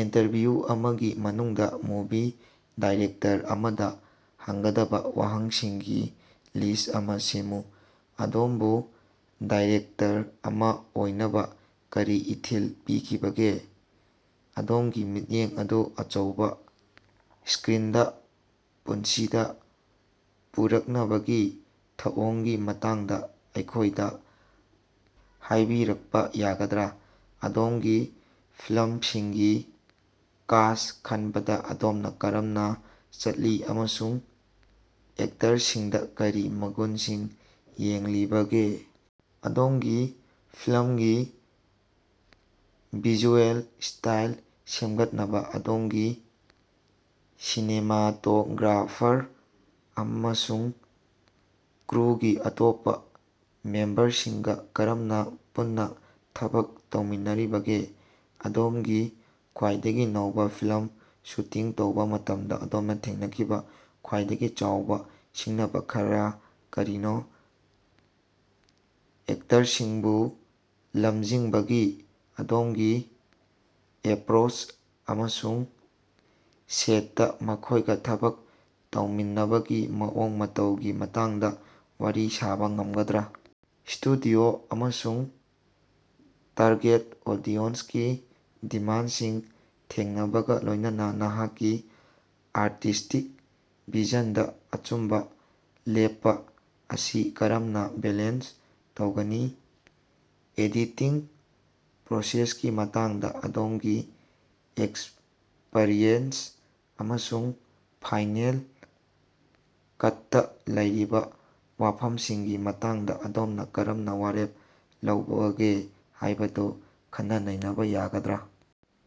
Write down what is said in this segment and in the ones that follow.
Interview ꯑꯃꯒꯤ ꯃꯅꯨꯡꯗ movie director ꯑꯃꯗ ꯍꯪꯒꯗꯕ ꯋꯥꯍꯪꯁꯤꯡꯒꯤ ꯂꯤꯁ꯭ꯠ ꯑꯃꯥ ꯁꯦꯝꯃꯨ꯫ ꯑꯗꯣꯝꯕꯨ ꯗꯥꯏꯔꯦꯛꯇꯔ ꯑꯃꯥ ꯑꯣꯏꯅꯕ ꯀꯔꯤ ꯏꯊꯤꯜ ꯄꯤꯈꯤꯕꯒꯦ? ꯑꯗꯣꯝꯒꯤ ꯃꯤꯠꯌꯦꯡ ꯑꯗꯨ ꯑꯆꯧꯕ ꯁ꯭ꯀꯔꯤꯟꯗ ꯄꯨꯟꯁꯤꯗ ꯄꯨꯔꯛꯅꯕꯒꯤ ꯊꯧꯑꯣꯡꯒꯤ ꯃꯇꯥꯡꯗ ꯑꯩꯈꯣꯏꯗ ꯍꯥꯏꯕꯤꯔꯛꯄ ꯌꯥꯒꯗ꯭ꯔꯥ? ꯑꯗꯣꯝꯒꯤ ꯐꯤꯂꯝꯁꯤꯡꯒꯤ ꯀꯥꯁ꯭ꯠ ꯈꯟꯕꯗ ꯑꯗꯣꯝꯅ ꯀꯔꯝꯅ ꯆꯠꯂꯤ, ꯑꯃꯁꯨꯡ ꯑꯦꯛꯇꯔꯁꯤꯡꯗ ꯀꯔꯤ ꯃꯒꯨꯟꯁꯤꯡ ꯌꯦꯡꯂꯤꯕꯒꯦ? ꯑꯗꯣꯝꯒꯤ ꯐꯤꯂꯝꯒꯤ ꯚꯤꯖꯨꯑꯦꯜ ꯁ꯭ꯇꯥꯏꯜ ꯁꯦꯝꯒꯠꯅꯕ ꯑꯗꯣꯝꯒꯤ ꯁꯤꯅꯦꯃꯥꯇꯣꯒ꯭ꯔꯥꯐꯥꯔ ꯑꯃꯁꯨꯡ ꯀ꯭ꯔꯨꯒꯤ ꯑꯇꯣꯞꯄ ꯃꯦꯝꯕꯔꯁꯤꯡꯒ ꯀꯔꯝꯅ ꯄꯨꯟꯅ ꯊꯕꯛ ꯇꯧꯃꯤꯟꯅꯔꯤꯕꯒꯦ? ꯑꯗꯣꯝꯒꯤ ꯈ꯭ꯋꯥꯏꯗꯒꯤ ꯅꯧꯕ ꯐꯤꯂꯝ ꯁꯨꯇꯤꯡ ꯇꯧꯕ ꯃꯇꯝꯗ ꯑꯗꯣꯝꯅ ꯊꯦꯡꯅꯈꯤꯕ ꯈ꯭ꯋꯥꯏꯗꯒꯤ ꯆꯥꯎꯕ ꯁꯤꯡꯅꯕ ꯈꯔꯥ ꯀꯔꯤꯅꯣ? ꯑꯦꯛꯇꯔꯁꯤꯡꯕꯨ ꯂꯝꯖꯤꯡꯕꯒꯤ ꯑꯗꯣꯝꯒꯤ ꯑꯦꯄꯔꯣꯆ ꯑꯃꯁꯨꯡ ꯁꯦꯠꯇꯥ ꯃꯈꯣꯏꯒ ꯊꯕꯛ ꯇꯧꯃꯤꯟꯅꯕꯒꯤ ꯃꯑꯣꯡ ꯃꯇꯧꯒꯤ ꯃꯇꯥꯡꯗ ꯋꯥꯔꯤ ꯁꯥꯕ ꯉꯝꯒꯗ꯭ꯔꯥ? ꯁ꯭ꯇꯨꯗꯤꯑꯣ ꯑꯃꯁꯨꯡ ꯇꯥꯔꯒꯦꯠ ꯑꯣꯗꯤꯑꯣꯟꯒꯤ ꯗꯤꯃꯥꯟꯗꯁꯤꯡ ꯊꯦꯡꯅꯕꯒ ꯂꯣꯏꯅꯅ ꯅꯍꯥꯛꯀꯤ ꯑꯥꯔꯇꯤꯁ꯭ꯇꯤꯛ ꯚꯤꯖꯟꯗ ꯑꯆꯨꯝꯕ ꯂꯦꯞꯄ ꯑꯁꯤ ꯀꯔꯝꯅ ꯕꯦꯂꯦꯟꯁ ꯇꯧꯒꯅꯤ? ꯑꯦꯗꯤꯇꯤꯡ ꯄ꯭ꯔꯣꯁꯦꯁꯀꯤ ꯃꯇꯥꯡꯗ ꯑꯗꯣꯝꯒꯤ ꯑꯦꯛꯁꯄꯔꯤꯌꯦꯟꯁ ꯑꯃꯁꯨꯡ ꯐꯥꯏꯅꯦꯜ ꯀꯠꯇ ꯂꯩꯔꯤꯕ ꯋꯥꯐꯝꯁꯤꯡꯒꯤ ꯃꯇꯥꯡꯗ ꯑꯗꯣꯝꯅ ꯀꯔꯝꯅ ꯋꯥꯔꯦꯞ ꯂꯧꯕꯒꯦ ꯍꯥꯏꯕꯗꯨ ꯈꯟꯅ-ꯅꯩꯅꯕ ꯌꯥꯒꯗ꯭ꯔꯥ?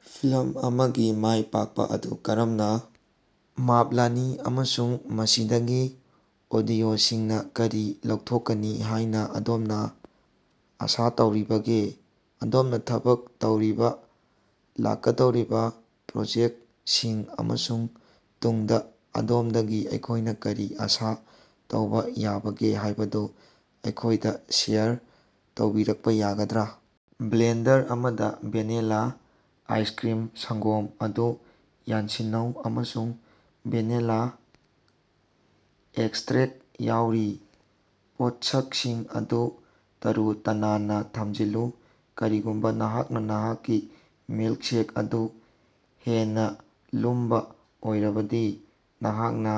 ꯐꯤꯂꯝ ꯑꯃꯒꯤ ꯃꯥꯏ ꯄꯥꯛꯄ ꯑꯗꯨ ꯀꯔꯝꯅ ꯃꯥꯞꯂꯅꯤ ꯑꯃꯁꯨꯡ ꯃꯁꯤꯗꯒꯤ ꯑꯣꯗꯤꯑꯣꯁꯤꯡꯅ ꯀꯔꯤ ꯂꯧꯊꯣꯛꯀꯅꯤ ꯍꯥꯏꯅ ꯑꯗꯣꯝꯅ ꯑꯁꯥ ꯇꯧꯔꯤꯕꯒꯦ? ꯑꯗꯣꯝꯅ ꯊꯕꯛ ꯇꯧꯔꯤꯕꯥ ꯂꯥꯛꯀꯗꯧꯔꯤꯕ ꯄ꯭ꯔꯣꯖꯦꯛꯇꯁꯤꯡ ꯑꯃꯁꯨꯡ ꯇꯨꯡꯗ ꯑꯗꯣꯝꯗꯒꯤ ꯑꯩꯈꯣꯏꯅ ꯀꯔꯤ ꯑꯁꯥ ꯇꯧꯕ ꯌꯥꯕꯒꯦ ꯍꯥꯏꯕꯗꯨ ꯑꯩꯈꯣꯏꯗ ꯁꯦꯌꯔ ꯇꯧꯕꯤꯔꯛꯄꯥ ꯌꯥꯒꯗ꯭ꯔꯥ? ꯕ꯭ꯂꯦꯟꯗꯔ ꯑꯃꯗ ꯚꯦꯅꯤꯂꯥ ꯑꯥꯏꯁꯀꯔꯤꯝ, ꯁꯪꯒꯣꯝ ꯑꯗꯨ ꯌꯥꯟꯁꯤꯟꯅꯧ꯫ ꯑꯃꯁꯨꯡ ꯚꯦꯅꯤꯂꯥ ꯑꯦꯛꯁꯇꯔꯦꯛ ꯌꯥꯎꯔꯤ꯫ ꯄꯣꯠꯁꯛꯁꯤꯡ ꯑꯗꯨ ꯇꯔꯨ-ꯇꯅꯥꯟꯅ ꯊꯝꯖꯤꯜꯂꯨ꯫ ꯀꯔꯤꯒꯨꯝꯕ ꯅꯍꯥꯛꯅ ꯅꯍꯥꯛꯀꯤ ꯃꯤꯜꯛꯁꯦꯛ ꯑꯗꯨ ꯍꯦꯟꯅ ꯂꯨꯝꯕꯥ ꯑꯣꯏꯔꯕꯗꯤ, ꯅꯍꯥꯛꯅ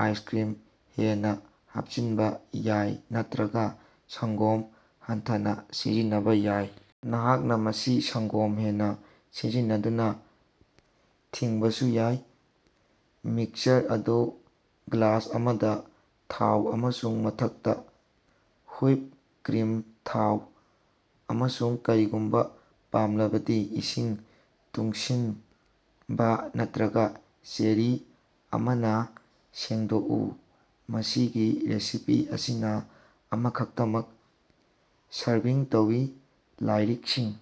ꯑꯥꯏꯁꯀꯔꯤꯝ ꯍꯦꯟꯅ ꯍꯥꯞꯆꯤꯟꯕ ꯌꯥꯏ ꯅꯠꯇꯔꯒ ꯁꯪꯒꯣꯝ ꯍꯟꯊꯅꯥ ꯁꯤꯖꯤꯟꯅꯕ ꯌꯥꯏ꯫ ꯅꯍꯥꯛꯅ ꯃꯁꯤ ꯁꯪꯒꯣꯝ ꯍꯦꯟꯅ ꯁꯤꯖꯤꯟꯅꯗꯨꯅ ꯊꯤꯡꯕꯁꯨ ꯌꯥꯏ꯫ ꯃꯤꯛꯁꯆꯔ ꯑꯗꯨ ꯒ꯭ꯂꯥꯁ ꯑꯃꯗ ꯊꯥꯎ ꯑꯃꯁꯨꯡ ꯃꯊꯛꯇ ꯍꯨꯏꯞ ꯀ꯭ꯔꯤꯝ ꯊꯥꯎ ꯑꯃꯁꯨꯡ ꯀꯔꯤꯒꯨꯝꯕ ꯄꯥꯝꯂꯕꯗꯤ ꯏꯁꯤꯡ ꯇꯨꯡꯁꯤꯅꯕ ꯅꯠꯇꯔꯒ ꯆꯦꯔꯤ ꯑꯃꯅ ꯁꯦꯡꯗꯣꯛꯎ꯫ ꯃꯁꯤꯒꯤ ꯔꯦꯁꯤꯄꯤ ꯑꯁꯤꯅ ꯑꯃꯈꯛꯇꯃꯛ ꯁꯔꯚꯤꯡ ꯇꯧꯏ꯫ ꯂꯥꯏꯔꯤꯛꯁꯤꯡ